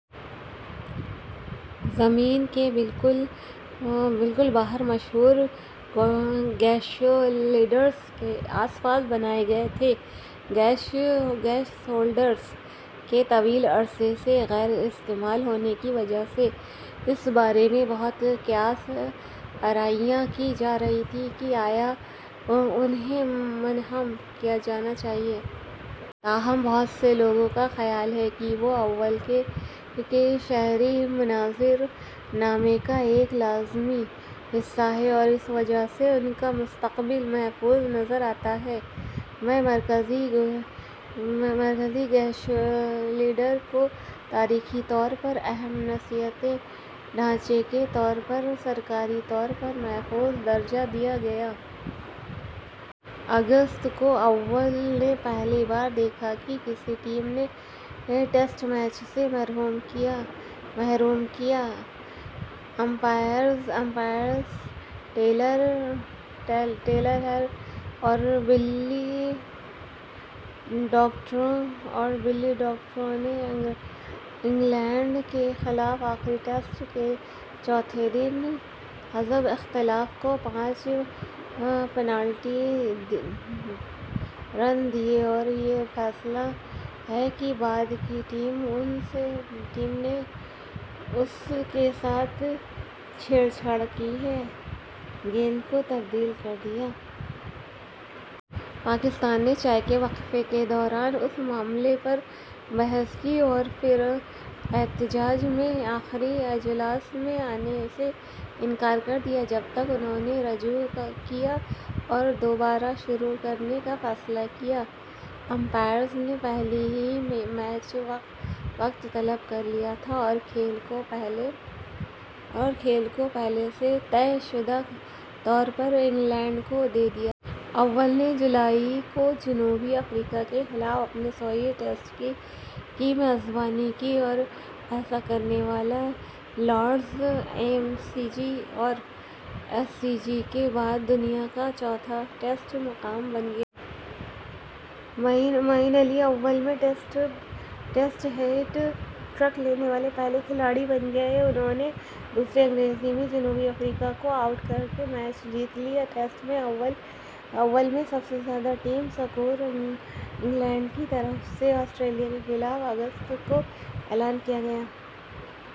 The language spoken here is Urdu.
زمین کے بالکل باہر مشہور گیشولڈرز ء کے آس پاس بنائے گئے تھے۔ گیش ہولڈرز کے طویل عرصے سے غیر استعمال ہونے کی وجہ سے، اس بارے میں بہت قیاس آرائیاں کی جا رہی تھیں کہ آیا انھیں منہدم کیا جانا چاہیے۔ تاہم، بہت سے لوگوں کا خیال ہے کہ وہ اوول کے شہری منظر نامے کا ایک لازمی حصہ ہیں اور اس وجہ سے، ان کا مستقبل محفوظ نظر آتا ہے۔ ء میں مرکزی گیشولڈر کو تاریخی طور پر اہم صنعتی ڈھانچے کے طور پر سرکاری طور پر محفوظ درجہ دیا گیا۔ اگست ء کو، اوول نے پہلی بار دیکھا کہ کسی ٹیم نے ٹیسٹ میچ سے محروم کیا۔ امپائرز ڈیرل ہیئر اور بلی ڈاکٹرروو نے انگلینڈ کے خلاف آخری ٹیسٹ کے چوتھے دن حزب اختلاف کو پانچ پنالٹی رن دیے اور یہ فیصلہ دینے کے بعد کہ ٹیم نے اس کے ساتھ چھیڑ چھاڑ کی ہے، گیند کو تبدیل کر دیا۔ پاکستان نے چائے کے وقفے کے دوران اس معاملے پر بحث کی اور پھر احتجاج میں آخری اجلاس میں آنے سے انکار کر دیا۔ جب تک انھوں نے رجوع کیا اور دوبارہ شروع کرنے کا فیصلہ کیا، امپائرز نے پہلے ہی میچ کا وقت طلب کر لیا تھا اور کھیل کو پہلے سے طے شدہ طور پر انگلینڈ کو دے دیا تھا۔ اوول نے جولائی ء کو جنوبی افریقہ کے خلاف اپنے سوویں ٹیسٹ کی میزبانی کی اور ایسا کرنے والا لارڈز، ایم سی جی اور ایس سی جی کے بعد دنیا کا چوتھا ٹیسٹ مقام بن گیا۔ معین علی اوول میں ٹیسٹ ہیٹ ٹرک لینے والے پہلے کھلاڑی بھی بن گئے، انھوں نے دوسری اننگز میں جنوبی افریقہ کو آؤٹ کر کے میچ جیت لیا۔ ٹیسٹ میں، اوول میں سب سے زیادہ ٹیم سکور / انگلینڈ کی طرف سے آسٹریلیا کے خلاف اگست ء کو اعلان کیا گیا۔